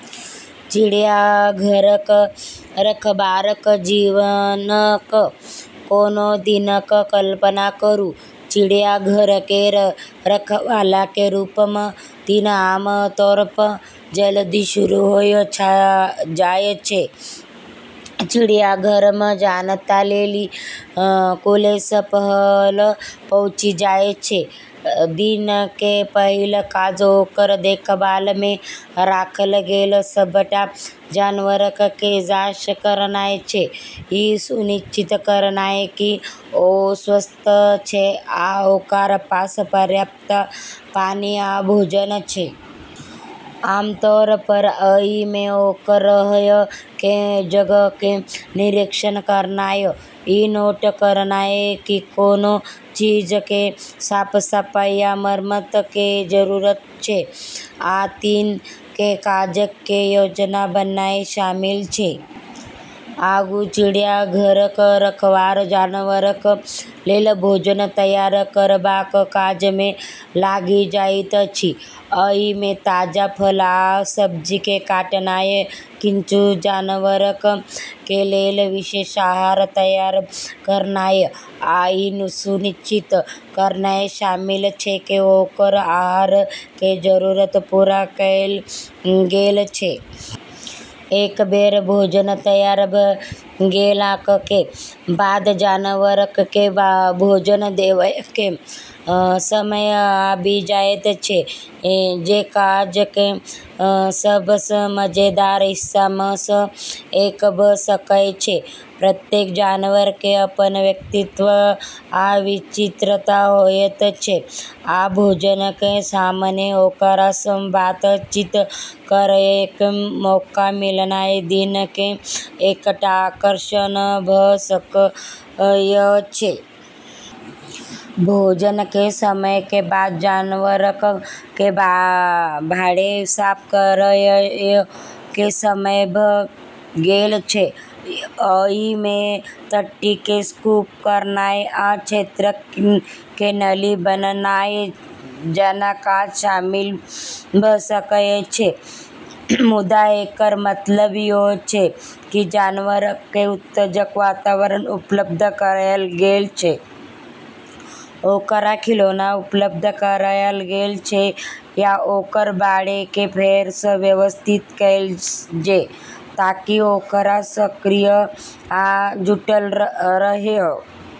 चिड़ियाघरक रखबारक जीवनक कोनो दिनक कल्पना करू। चिड़ियाघर केरऽ रखवाला के रूप म॑ दिन आम तौर प॑ जल्दी शुरू होय जाय छै, चिड़ियाघर म॑ जनता लेली खुलै स॑ पहल॑ पहुँची जाय छै। दिन कें पहिल काज ओकर देखभाल मे राखल गेल सबटा जानवरक कें जांच करनाय छै, इ सुनिश्चित करनाय की ओ स्वस्थ छै आ ओकरा पास पर्याप्त पानी आ भोजन छै. आमतौर पर अइ मे ओकर रहय कें जगह कें निरीक्षण करनाय, इ नोट करनाय की कोनों चीज कें साफ-सफाई या मरम्मत कें जरूरत छै, आ दिन कें काजक कें योजना बनानाय शामिल छै. आगू चिड़ियाघरक रखवार जानवरक लेल भोजन तैयार करबाक काज मे लागि जाइत अछि। अइ मे ताजा फल आ सब्जी कें काटनाय, किच्छू जानवरक कें लेल विशेष आहार तैयार करनाय आ इ सुनिश्चित करनाय शामिल छै की ओकर आहार कें जरूरत पूरा कैल गेल छै. एक बेर भोजन तैयार भ गेलाक कें बाद जानवरक कें भोजन देवय कें समय आबि जायत छै, जे काज कें सब सं मजेदार हिस्सा मे सं एक भ सकय छै. प्रत्येक जानवर कें अपन व्यक्तित्व आ विचित्रता होयत छै, आ भोजन कें समय ओकरा सं बातचीत करएय कें मौका मिलनाय दिन कें एकटा आकर्षण भ सकएय छै. भोजन कें समय कें बाद जानवरक कें बाड़े साफ करएय कें समय भ गेल छै. अइ मे टट्टी कें स्कूप करनाय आ क्षेत्रक कें नली बनानाय जैना काज शामिल भ सकएय छै, मुदा एकर मतलब इहो छै की जानवरक कें उत्तेजक वातावरण उपलब्ध करायल गेल छै, ओकरा खिलौना उपलब्ध करायल गेल छै या ओकर बाड़े कें फेर सं व्यवस्थित कैल जै ताकि ओकरा सक्रिय आ जुटल रहएय.